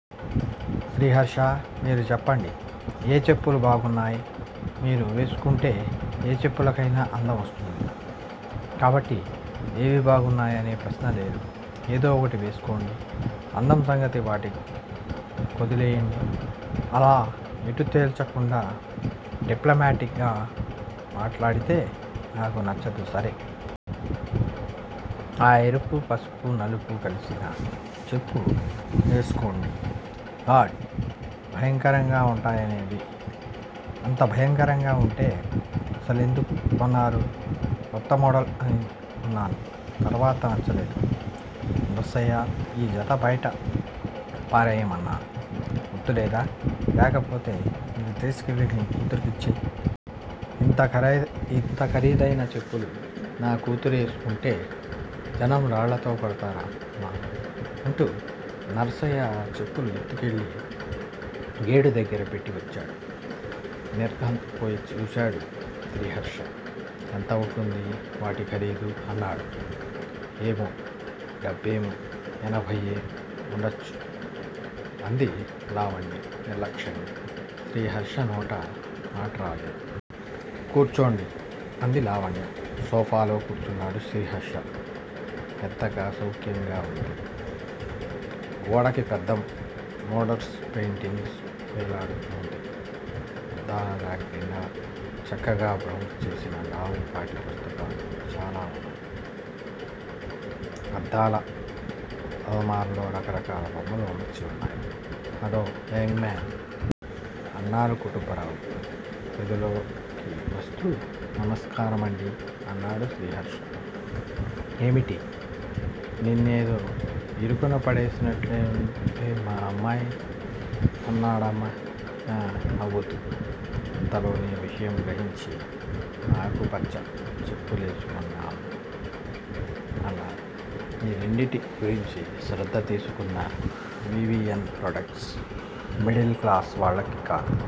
శ్రీహర్షా! మీరు చెప్పండి ఏ చెప్పులు బాగున్నాయ్? మీరు వేసుకుంటే ఏ చెప్పులకైన అందం వస్తుంది. కాబట్టి ఏవి బాగున్నాయనే ప్రశ్నే లేదు. ఏదో ఒకటి వేసేసుకొండి. అందం సంగతి వాటి కోదిలేయ్యండి. అలా ఎటూ తేల్చకుండా డిప్లమాటిక్ గా మాట్లాడితే నాకు నచ్చదు. సరే! ఆ ఎరుపూ, పసుపూ, నలుపూ కలిసిన చెప్పు లేసుకోండి. గాడ్? భయంకరంగా ఉంటాయవి. అంత భయంకరంగా ఉంటె అసలెందుకు కొన్నారు? కొత్త మోడల్ అని కొన్నాను. తర్వాత నచ్చలేదు. నర్సయ్యా ఈ జత బయట పారేయ్యమన్నాను గుర్తులేదా? లేకపోతే ఇవి తీసుకెళ్ళి నీ కూతురు కిచ్చెయ్. ఇంత ఖరీదైన చెప్పులు నా కూతురేసుకుంటే జనం రాళ్ళతో కొడతారమ్మా! అంటూ నర్సయ్య ఆ చెప్పులు ఎత్తుకెళ్ళి గేటు దగ్గర పెట్టి వచ్చాడు. నిర్ఘాంతపోయి చూశాడు శ్రీహర్ష. ఎంత ఉంటుంది వాటి ఖరీదు? అన్నాడు. ఏమో! డెబ్బయ్యో, ఎనభయ్యో ఉండొచ్చు. అంది లావణ్య నిర్లక్ష్యంగా. శ్రీహర్ష నోట మాటరాలేదు. కూర్చోండి. అంది లావణ్య. సోఫాలో కూర్చున్నాడు శ్రీహర్ష. మెత్తగా సౌఖ్యంగా ఉంది. గోడకి పెద్ద మోడర్న్ పెయింటింగ్ వేలాడుతోంది. అద్దాల రాక్ నిండా చక్కగా బౌండ్ చేసిన లావుపాటి పుస్తకాలు చాలా ఉన్నాయి. అద్దాల అలమారాలో రకరకాల బొమ్మలు అమర్చి ఉన్నాయి. Hello young man! అన్నారు కుటుంబరావుగారు గదిలోకి వస్తూ. నమస్కారమండి! అన్నాడు శ్రీహర్ష. ఏమిటి? నిన్నేదో ఇరుకున పడేసినట్లుందే మా అమ్మాయ్? అన్నాడాయన నవ్వుతూ. అంతలోనే విషయం గ్రహించి, ఆ ఆకుపచ్చ చెప్పులేసుకొమ్మా అన్నారు. ఈ రెండింటి గురించి శ్రద్ధ తీసుకున్న V. V. N. Products middle class వాళ్ళకు కాదు.